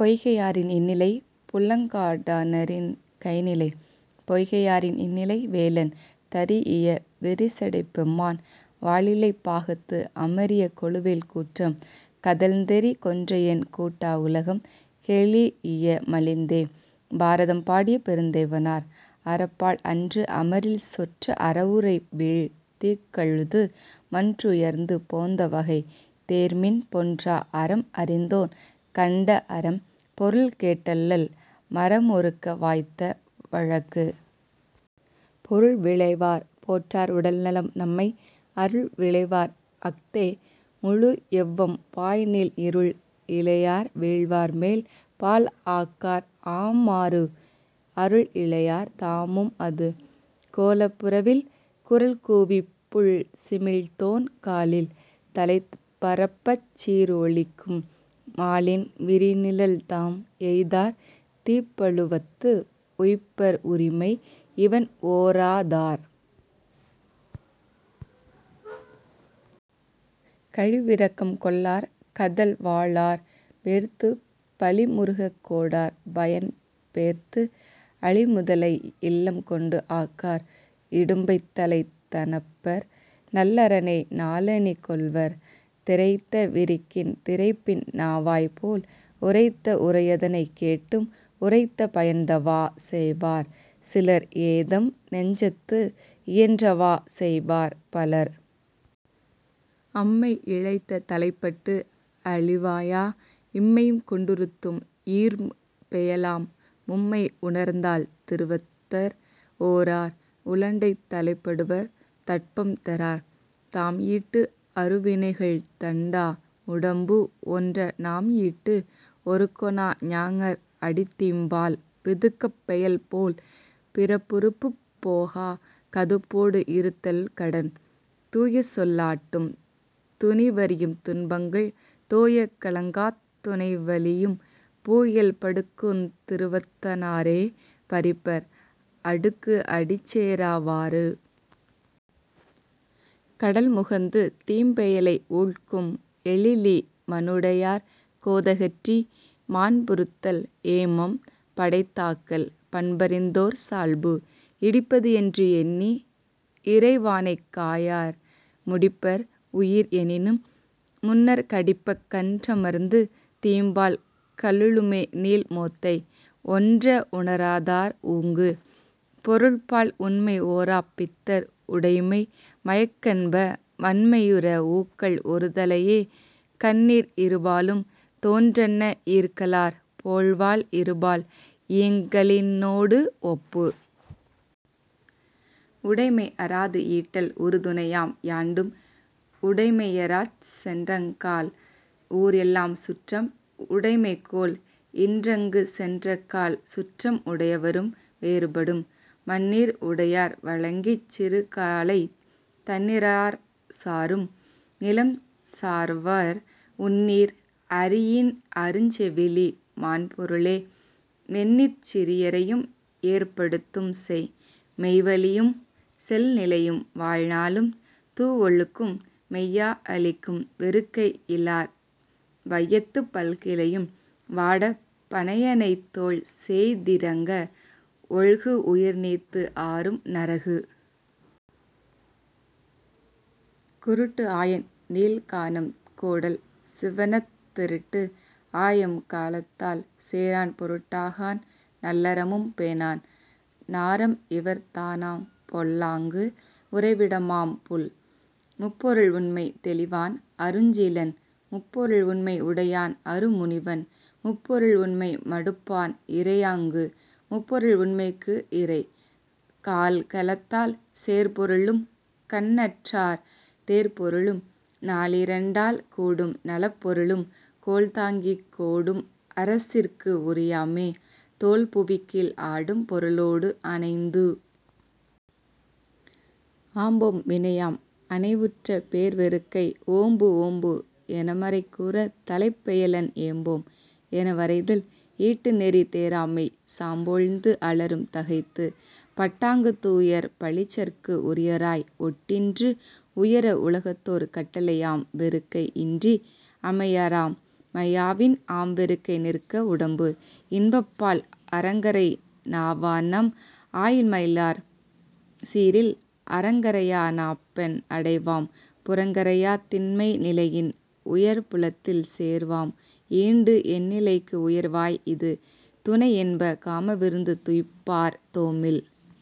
பொய்கையாரின் இன்னிலை புல்லங்காடனாரின் கைந்நிலை. பொய்கையாரின் இன்னிலை வேலன் தரீஇய விரிசடைப் பெம்மான் வாலிழை பாகத்து அமரிய கொழுவேல் கூற்றம் கதழ்ந்தெறி கொன்றையன் கூட்டா உலகம் கெழீஇய மலிந்தே. பாரதம் பாடிய பெருந்தேவனார்.. அறப்பால் அன்று அமரில் சொற்ற அறவுரை வீழ் தீக்கழுது மன்றுயர்ந்து போந்த வகை தேர்மின் பொன்றா அறம் அறிந்தோன் கண்ட அறம் பொருள் கேட்டல்லல் மறமொறுக்க வாய்த்த வழக்கு. பொருள் விழைவார் போற்றார் உடல்நலம் நம்மை அருள் விழைவார் அஃதே முழுஎவ்வம் பாய்நீல் இருள் இழையார் வீழ்வார் மேல் பால் ஆக்கார் ஆமாறு அருள்இழையார் தாமும் அது. கோலப் புறவில் குரல்கூவிப் புள்சிமிழ்த்தோன் காலில் தளைபரப்பச் சீர்ஒலிக்கும் மாலின் விரிநிழல் தாம் எய்தார் தீப்பழுவத்து உய்ப்பர் உரிமை இவண்ஓரா தார். கழிவிரக்கம் கொள்ளார் கதழ் வாளார் வேர்த்துப் பழிமுறுகக் கோடார் பயன் பேர்த்து அழிமுதலை இல்லம் கொண்டு ஆக்கார் இடும்பைத் தளை தணப்பர் நல்லறனை நாளணி கொள்வார். திரைத்த விரிக்கின் திரைப்பின் நாவாய்போல் உரைத்த உரையதனைக் கேட்டும் உரைத்த பயன்தவா செய்வார் சிலர்ஏதம் நெஞ்சத்து இயன்றவா செய்வார் பலர். அம்மை இழைத்த தலைப்பட்டு அழிவாயா இம்மையும் கொண்டுறுத்தும் ஈர்ம் பெயலாம் மும்மை உணர்ந்தால் திருவத்தர் ஓரார் உழண்டைத் தளைப்படுவர் தட்பம் தெறார். தாம்ஈட்டு அருவினைகள் தண்டா உடம்பு ஒன்ற நாம்ஈட்டு ஒறுக்கொணா ஞாங்கர்அடித் தீம்பால் பிதுக்கப் பெயல்போல் பிறப்பறுப்புப் போகா கதுப்போடு இறுத்தல் கடன். தூயசொல் லாட்டும் துணிவ றியும் துன்பங்கள் தோயக் கலங்காத் துணைவலியும் பூயல் படுக்குந் திருவத்த னாரே பறிப்பர் அடுக்கு அடிச்சேரா வாறு. கடல் முகந்து தீம்பெயலை ஊழ்க்கும் எழிலி மடனுடையார் கோதகற்றி மாண்புறுத்தல் ஏமம் படைத்தாக்கல் பண்பறிந்தோர் சால்பு. இடிப்பதுஎன்று எண்ணி இறைவானைக் காயார் முடிப்பர் உயிர்எனினும் முன்னார் கடிப்பக் கன்றமர்ந்து தீம்பால் கலுழுமே நீள் மோத்தை ஒன்ற உணராதார் ஊங்கு.. பொருட்பால் உண்மைஓராப் பித்தர் உடைமை மயக்கென்ப வண்மையுற ஊக்கல் ஒருதலையே கண்ணீர் இருபாலும் தோன்றன்ன ஈர்க்கலார் போழ்வாள் இருபால் இயங்கலினோடு ஒப்பு. உடைமைஅறாது ஈட்டல் உறுதுணையாம் யாண்டும் உடைமையராச் சென்றக்கால் ஊர்எல்லாம் சுற்றம் உடைமைக் கோல் இன்றங்குச் சென்றக்கால் சுற்றம் உடையவரும் வேறு படும். மண்ணீர் உடையார் வழங்கிச் சிறுகாலைத் தண்ணீரார் சாரும் நிலம்சார்வர் உண்ணீர் அறியின் அருஞ்செவிலி மாண்பொருளே வெண்ணீர்ச் சிறியரையும் ஏர்ப்படுத்தும் செய். மெய்வலியும் செல்நிலையும் வாழ்நாளும் தூவொழுக்கும் மெய்யா அளிக்கும் வெறுக்கைஇலார் வையத்துப் பல்கிளையும் வாடப் பணையணை தோள் சேய்திரங்க ஒல்குஉயிர்நீத்து ஆரும் நரகு. குருட்டுஆயன் நீள்கானம் கோடல் சிவணத் தெருட்டுஆயம் காலத்தால் சேரான் பொருட்டாகான் நல்லறமும் பேணான் நாரம்இவர்த் தானாம் பொல்லாங்கு உறைவிடாமாம் புல். முப்பொருள் உண்மை தெளிவான் அருஞ்சீலன் முப்பொருள் உண்மை உடையான் அருமுனிவன் முப்பொருள் உண்மை மடுப்பான் இறையாங்கு முப்பொருள் உண்மைக்கு இறை. கால்கலத்தால் சேர்பொருளும் கண்ணற்றார் தேர்பொருளும் நாலிரண்டால் கூடும் நலப்பொருளும் கோல்தாங்கிக் கோடும் அரசிற்கு உரியாமே தொல்புவிக்கீழ் ஆடும் பொருளோடு அணைந்து. ஆம்போம் வினையாம் அணைவுற்ற பேர்வெறுக்கை ஓம்புஓம்பு எனமறை கூறத் தலைப்பெயலென் ஏம்போம் எனவரைதல் ஈட்டுநெறி தேராமை சாம்போழ்ந்து அலறும் தகைத்து. பட்டாங்குத் தூயர் பழிச்சற்கு உரியராய் ஒட்டின்று உயர உலகத்தோர் கட்டளை யாம்வெறுக்கை இன்றி அமையாராம் மையாவின் ஆம்வெறுக்கை நிற்க வுடம்பு.. இன்பப்பால் அறங்கரை நாவானாம் ஆய்மயிலார் சீரில் அறங்கரையா நாப்பண் அடைவாம் புறங்கரையாத் திண்மை நிலையின் உயர்புலத்தில் சேர்வாம் ஈண்டு எண்ணிலைக்கு உய்வாய் இது. துணைஎன்ப காமவிருந்து துய்ப்பார் தோமில்